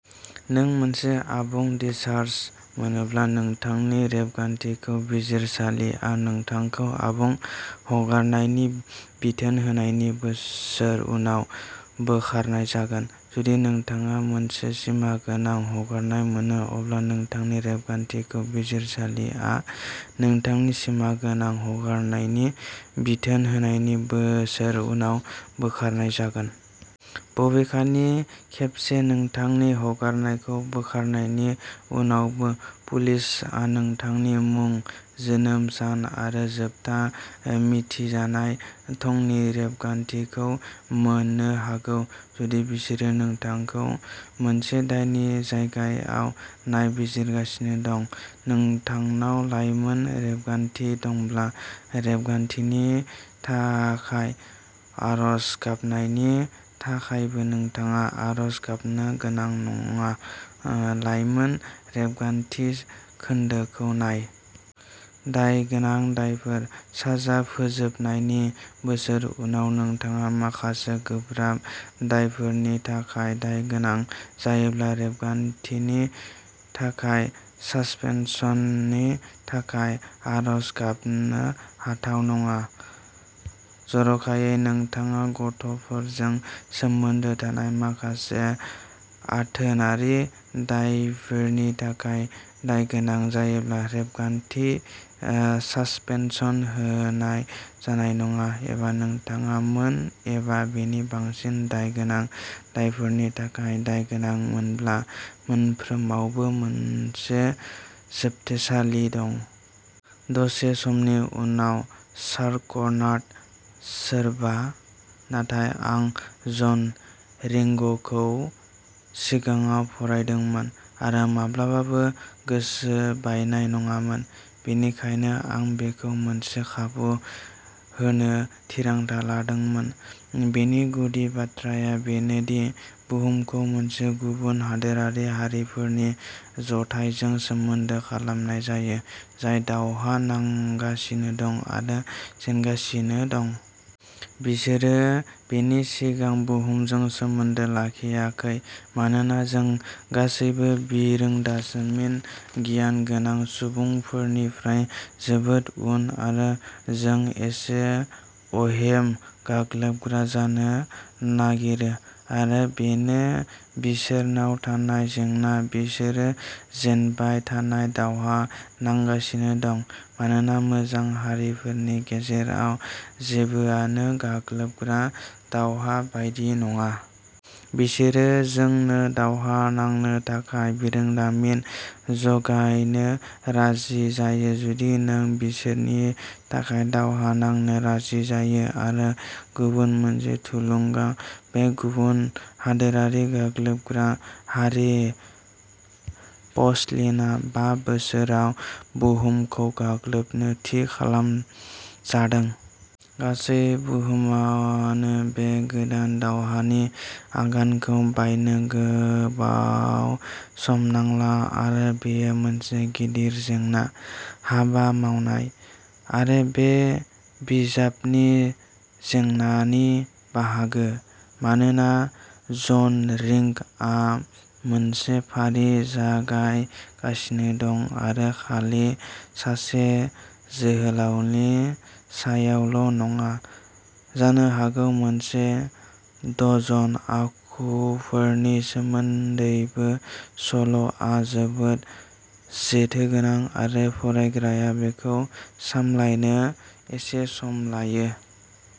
नों मोनसे आबुं डिसचार्ज मोनोब्ला, नोंथांनि रेबगान्थिखौ बिजिरसालिया नोंथांखौ आबुं हगारनायनि बिथोन होनायनि बोसोर उनाव बोखारनाय जागोन। जुदि नोंथाङा मोनसे सिमागोनां हगारनाय मोनो, अब्ला नोंथांनि रेबगान्थिखौ बिजिरसालिया नोंथांनि सिमागोनां हगारनायनि बिथोन होनायनि बोसोर उनाव बोखारनाय जागोन। बबेखानि, खेबसे नोंथांनि हगारनायखौ बोखारनायनि उनावबो, पुलिसआ नोंथांनि मुं, जोनोम सान आरो जोबथा मिथिजानाय थंनि रेबगान्थिखौ मोन्नो हागौ जुदि बिसोरो नोंथांखौ मोनसे दायनि जायगायाव नायबिजिरगासिनो दं। नोंथांनाव लाइमोन रेबगान्थि दंब्ला रेबगान्थिनि थाखाय आर'ज गाबनायनि थाखायबो नोंथाङा आर'ज गाबनो गोनां नङा, लाइमोन रेबगान्थि खोन्दोखौ नाय। दायगोनां दायफोरः साजा फोजोबनायनि बोसोर उनाव। नोंथाङा माखासे गोब्राब दायफोरनि थाखाय दायगोनां जायोब्ला रेबगान्थिनि थाखाय सासपेनसननि थाखाय आर'ज गाबनो हाथाव नङा। जर'खायै, नोंथाङा गथ'फोरजों सोमोन्दो थानाय माखासे आथोनारि दायफोरनि थाखाय दायगोनां जायोब्ला रेबगान्थि सासपेनसन होनाय जानाय नङा, एबा नोंथाङा मोन एबा बेनि बांसिन दायगोनां दायफोरनि थाखाय दायगोनां मोनब्ला, मोनफ्रोमावबो मोनसे जोबथेसालि दं। दसे समनि उनाव। शार्कनाड, सोरबा? नाथाय आं जन रिंग'खौ सिगाङाव फरायदोंमोन, आरो माब्लाबाबो गोसो बायनाय नङामोन, बेनिखायनो आं बेखौ मोनसे खाबु होनो थिरांथा लादोंमोन। बेनि गुदि बाथ्राया बेनो दि बुहुमखौ मोनसे गुबुन हादोरारि हारिफोरनि जथायजों सोमोन्दो खालामनाय जायो जाय दावहा नांगासिनो दं आरो जेनगासिनो दं। बिसोरो बेनि सिगां बुहुमजों सोमोन्दो लाखियाखै मानोना जों गासैबो बिरोंदासमिन गियान गोनां सुबुंफोरनिफ्राय जोबोद उन, आरो जों एसे, अहेम, गाग्लोबग्रा जानो नागिरो। आरो बेनो बिसोरनाव थानाय जेंना। बिसोरो जेनबाय थानाय दावहा नांगासिनो दं मानोना मोजां हारिफोरनि गेजेराव जेबोआनो गाग्लोबग्रा-दावहा बायदि नङा। बिसोरो जोंनो दावहा नांनो थाखाय बिरोंदामिन जगायनो राजि जायो जुदि जों बिसोरनि थाखाय दावहा नांनो राजि जायो। आरो गुबुन मोनसे थुलुंगा? बे गुबुन हादोरारि गाग्लोबग्रा हारि, पसलिनआ, बा बोसोराव बुहुमखौ गाग्लोबनो थि खालामजादों। गासै बुहुमानो बे गोदान दावहानि आगानखौ बायनो गोबाव सम नांला। आरो बेयो मोनसे गिदिर जेंना। हाबा मावनाय। आरो बे बिजाबनि जेंनानि बाहागो। मानोना जन रिंगआ मोनसे फारि जागायगासिनो दं आरो खालि सासे जोहोलावनि सायावल' नङा, जानो हागौ मोनसे डजन आखुफोरनि सोमोन्दैबो, सल'आ जोबोद जेथोगोनां आरो फरायग्राया बेखौ सामलायनो एसे सम लायो।